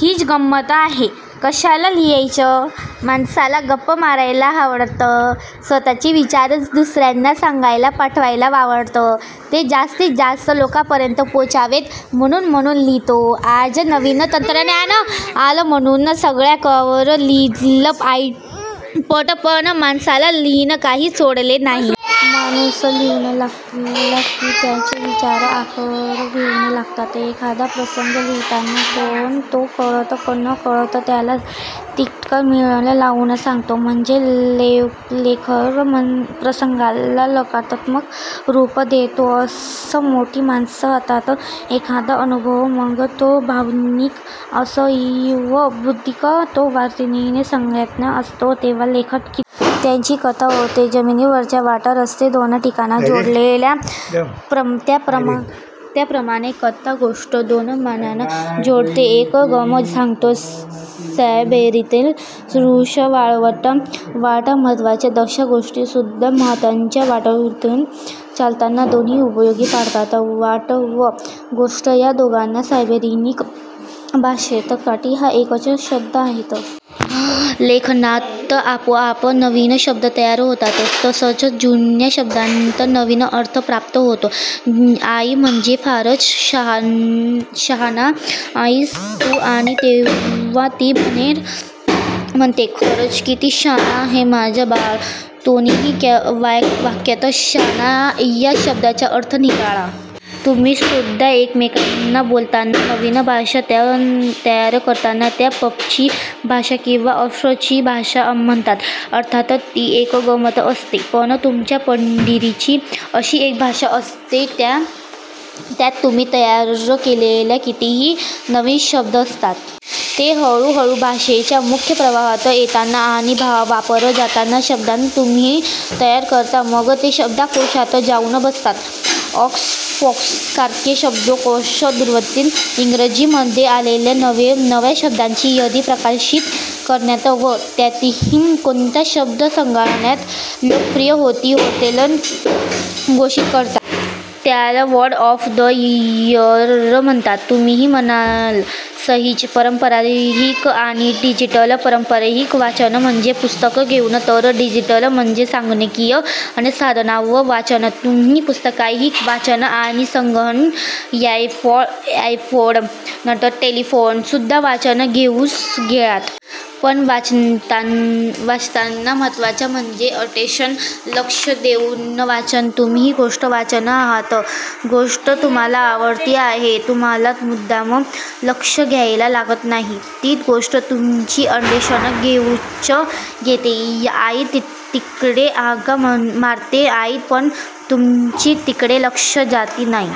हीच गंमत आहे. कशाला लिहायचं माणसाला गप्पा मारायला आवडतात, स्वतःचे विचार दुसऱ्याला सांगायला पटवायला आवडतात. ते जास्तीत जास्त लोकांपर्यंत पोहोचावेत म्हणून माणूस लिहितो. आज नवीन तंत्रज्ञान आलं, माणूस संगणकावर लिहितो, टाइप करतो. पण माणसानं लिहिणं काही सोडलेलं नाही. माणूस लिहू लागला की त्याचे विचार आकार घेऊ लागतात. एखादा प्रसंग लिहिताना तो कळत नकळत त्याला तिखटमिठ लावून सांगतो. म्हणजे लेखक प्रसंगाला 'कलात्मक रूप' देतो असं मोठी माणसं म्हणतात. एखादा अनुभव मग तो भावनिक असो वा बौद्धिक तो तीव्रतेने सांगायचा असतो तेव्हा लेखक लिहितो. त्याचीच कथा होते. जमिनीवरच्या वाटा, रस्ते दोन ठिकाणांना जोडतात. त्याप्रमाणे कथा, गोष्ट दोन मनांना जोडते. एक गंमत सांगतो. सायबेरियातील रूक्ष वाळवंटात 'वाटा' महत्त्वाच्या तशा गोष्टी सुद्धा महत्त्वाच्या. वाळवंटातून चालताना दोन्ही उपयोगी पडतात. वाट व गोष्ट या दोघांना सायबेरियन भाषेत खांटी हा एकच शब्द आहे. लेखनात आपोआप नवीन शब्द तयार होतात तसंच जुन्या शब्दांना नवीन अर्थ प्राप्त होतात. आई म्हणते 'फारच 'शहाणा' आहेस तू' आणि जेव्हा ती म्हणते 'खरंच किती 'शहाणा' आहे माझा बाळ'. दोन्ही वाक्यांत 'शहाणा' या शब्दाचा अर्थ निराळा. तुम्ही सुद्धा एकमेकांत बोलताना नवीन भाषा तयार करता त्याला 'प'ची भाषा किंवा 'अर्फ'ची भाषा म्हणता. अर्थात ती एक गंमत असते. पण तुमच्या पिढीची अशी एक भाषा असते. त्यात तुम्ही तयार केलेले कितीतरी नवीन शब्द असतात. ते हळूहळू भाषेच्या मुख्य प्रवाहात येतात आणि वापरले जातात. शब्द तुम्ही तयार करता मग ते शब्दकोषात जाऊन बसतात. ऑक्सफर्डसारखे शब्दकोष दरवर्षी इंग्रजीमध्ये आलेल्या नव्या शब्दांची यादी प्रकाशित करतात व त्यातील कोणता शब्द सगळ्यात लोकप्रिय तेही 'डिक्लेअर' घोषित करतात. त्याला 'वर्ड ऑफ द इयर' म्हणतात. तुम्ही म्हणाल 'सहीच'! पारंपरिक आणि डिजिटल पारंपरिक वाचन म्हणजे पुस्तक घेऊन तर डिजिटल म्हणजे संगणकीय साधनांवर वाचन. तुम्ही पुस्तकंही वाचता आणि संगणक, आयपॅड, टॅब्लेटवर सुद्धा वाचता, गेम्स खेळता. पण वाचनाचा महत्त्वाचा म्हणजे 'अटेंशन' लक्ष देऊन वाचणं. तुम्ही गोष्ट वाचत आहात. गोष्ट तुम्हाला आवडली आहे. तुम्हाला मुद्दाम लक्ष द्यावं लागत नाही. ती गोष्ट तुमचं अटेंशन खेचून घेते. आई तिकडे हाका मारते आहे पण तुमचं तिकडे लक्ष जात नाही.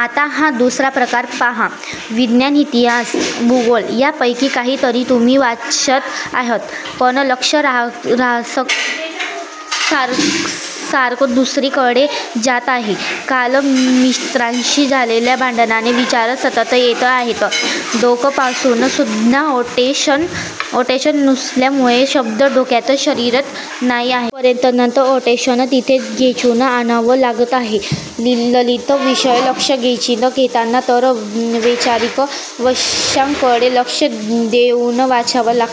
आता हा दुसरा प्रकार पहा. विज्ञान, इतिहास, भूगोल यांपैकी काहीतरी तुम्ही वाचत आहात. पण लक्ष सारखं दुसरीकडेच जात आहे. काल मित्राशी झालेल्या भांडणाचे विचार सतत येत आहेत. डोकं उपसून सुद्धा 'अटेंशन' नसल्यामुळे शब्द डोक्यात शिरत नाही आहेत. प्रयत्नानं 'अटेंशन' तेथे खेचून आणावं लागत आहे. ललित विषय लक्ष खेचून घेतात तर वैचारिक विषयाकडे लक्ष देऊन वाचावं लागतं.